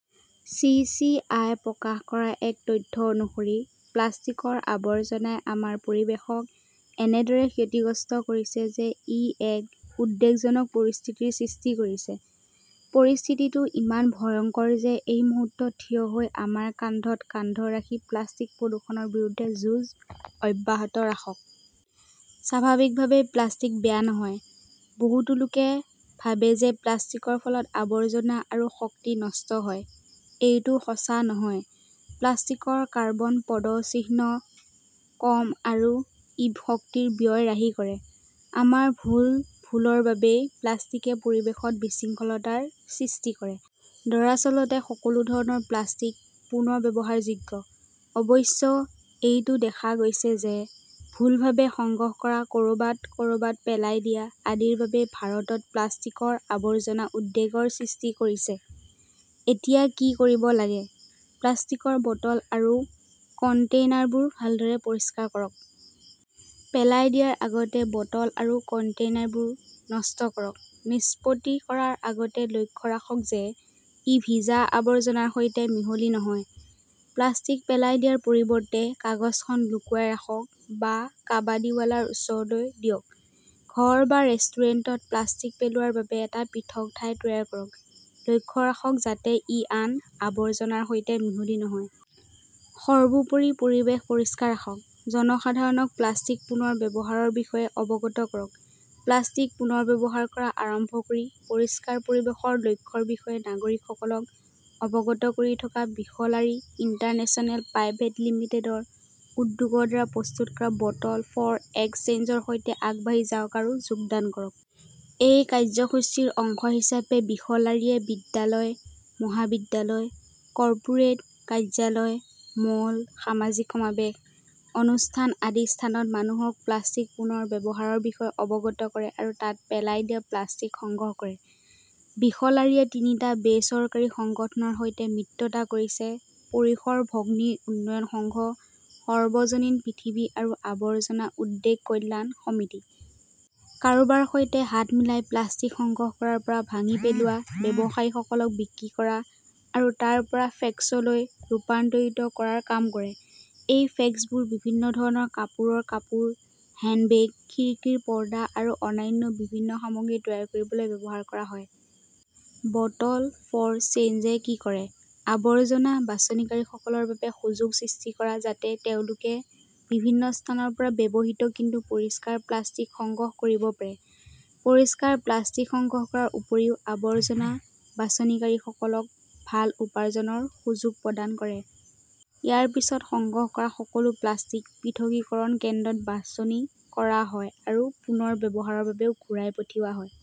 C. C. I. প্ৰকাশ কৰা এক তথ্য অনুসৰি, প্লাষ্টিকৰ আৱৰ্জনাই আমাৰ পৰিৱেশক এনেদৰে ক্ষতিগ্ৰস্ত কৰিছে যে ই এক উদ্বেগজনক পৰিস্থিতিৰ সৃষ্টি কৰিছে। পৰিস্থিতিটো ইমান ভয়ংকৰ যে এই মুহূৰ্তত থিয় হৈ আমাৰ কান্ধত কান্ধ ৰাখি প্লাষ্টিক প্ৰদূষণৰ বিৰুদ্ধে যুঁজ অব্যাহত ৰাখক। স্বাভাৱিকভাৱেই প্লাষ্টিক বেয়া নহয়। বহুতো লোকে ভাবে যে প্লাষ্টিকৰ ফলত আৱৰ্জনা আৰু শক্তি নষ্ট হয় ,এইটোও সঁচা নহয়। প্লাষ্টিকৰ কাৰ্বন পদচিহ্ন কম আৰু ই শক্তিৰ ব্যয় ৰাহি কৰে। আমাৰ ভুল-ভুলৰ বাবেই প্লাষ্টিকে পৰিৱেশত বিশৃংখলতাৰ সৃষ্টি কৰে। দৰাচলতে, সকলো ধৰণৰ প্লাষ্টিক পুনৰ্ব্যৱহাৰযোগ্য। অৱশ্যে এইটো দেখা গৈছে যে ভুলভাৱে সংগ্ৰহ কৰা ক ৰবাত-ক ৰবাত পেলাই দিয়া আদিৰ বাবেই ভাৰতত প্লাষ্টিকৰ আৱৰ্জনা উদ্বেগৰ সৃষ্টি কৰিছে। এতিয়া কি কৰিব লাগে? প্লাষ্টিকৰ বটল আৰু কণ্টেইনাৰবোৰ ভালদৰে পৰিষ্কাৰ কৰক। পেলাই দিয়াৰ আগতে বটল আৰু কণ্টেইনাৰবোৰ নষ্ট কৰক। নিষ্পত্তি কৰাৰ আগতে লক্ষ্য ৰাখক যে ই ভিজা আৱৰ্জনাৰ সৈতে মিহলি নহয়। প্লাষ্টিক পেলাই দিয়াৰ পৰিৱৰ্তে কাগজখন লুকুৱাই ৰাখক বা কাবাদীৱালাৰ ওচৰলৈ দিয়ক। ঘৰ বা ৰেষ্টুৰেণ্টত প্লাষ্টিক পেলোৱাৰ বাবে এটা পৃথক ঠাই তৈয়াৰ কৰক, লক্ষ্য ৰাখক যাতে ই আন আৱৰ্জনাৰ সৈতে মিহলি নহয়। সৰ্বোপৰি, পৰিৱেশ পৰিষ্কাৰ ৰাখক। জনসাধাৰণক প্লাষ্টিক পুনৰ ব্যৱহাৰৰ বিষয়ে অৱগত কৰক। প্লাষ্টিক পুনৰ্ব্যৱহাৰৰ পৰা আৰম্ভ কৰি পৰিষ্কাৰ পৰিৱেশৰ লক্ষ্যৰ বিষয়ে নাগৰিকসকলক অৱগত কৰি থকা বিসলাৰী ইণ্টাৰনেশ্যনেল প্ৰাইভেট লিমিটেডৰ উদ্যোগৰ দ্বাৰা প্ৰস্তুত কৰা বটল ফৰ এক্সচেঞ্জৰ সৈতে আগবাঢ়ি যাওক আৰু যোগদান কৰক। এই কাৰ্যসূচীৰ অংশ হিচাপে বিসলাৰীয়ে বিদ্যালয়, মহাবিদ্যালয়, কৰ্পোৰেট, কাৰ্যালয়, মল, সামাজিক সমাৱেশ, অনুষ্ঠান আদি স্থানত মানুহক প্লাষ্টিক পুনৰ ব্যৱহাৰৰ বিষয়ে অৱগত কৰে আৰু তাত পেলাই দিয়া প্লাষ্টিক সংগ্ৰহ কৰে। বিসলাৰীয়ে তিনিটা বেচৰকাৰী সংগঠনৰ সৈতে মিত্ৰতা কৰিছে পৰিসৰ ভগ্নী উন্নয়ন সংঘ, সৰ্বজনীন পৃথিৱী আৰু আৱৰ্জনা উদ্বেগ কল্যাণ সমিতি। কাৰোবাৰ সৈতে হাত মিলাই প্লাষ্টিক সংগ্ৰহ কৰাৰ পৰা ভাঙি পেলোৱা, ব্যৱসায়ীসকলক বিক্ৰী কৰা, আৰু তাৰ পৰা ফ্লেক্সলৈ ৰূপান্তৰিত কৰাৰ কাম কৰে। এই ফ্লেক্সবোৰ বিভিন্ন ধৰণৰ কাপোৰৰ কাপোৰ, হেণ্ড বেগ, খিৰিকীৰ পৰ্দা আৰু অন্যান্য বিভিন্ন সামগ্ৰী তৈয়াৰ কৰিবলৈ ব্যৱহাৰ কৰা হয়। বটল ফৰ চেঞ্জ এ কি কৰে? আৱৰ্জনা বাছনিকাৰীসকলৰ বাবে সুযোগ সৃষ্টি কৰা যাতে তেওঁলোকে বিভিন্ন স্থানৰ পৰা ব্যৱহৃত কিন্তু পৰিষ্কাৰ প্লাষ্টিক সংগ্ৰহ কৰিব পাৰে। পৰিষ্কাৰ প্লাষ্টিক সংগ্ৰহ কৰাৰ উপৰিও আৱৰ্জনা বাছনিকাৰীসকলক ভাল উপাৰ্জনৰ সুযোগ প্ৰদান কৰে। ইয়াৰ পিছত সংগ্ৰহ কৰা সকলো প্লাষ্টিক পৃথকীকৰণ কেন্দ্ৰত বাছনি কৰা হয় আৰু পুনৰ ব্যৱহাৰৰ বাবে ঘূৰাই পঠিওৱা হয়।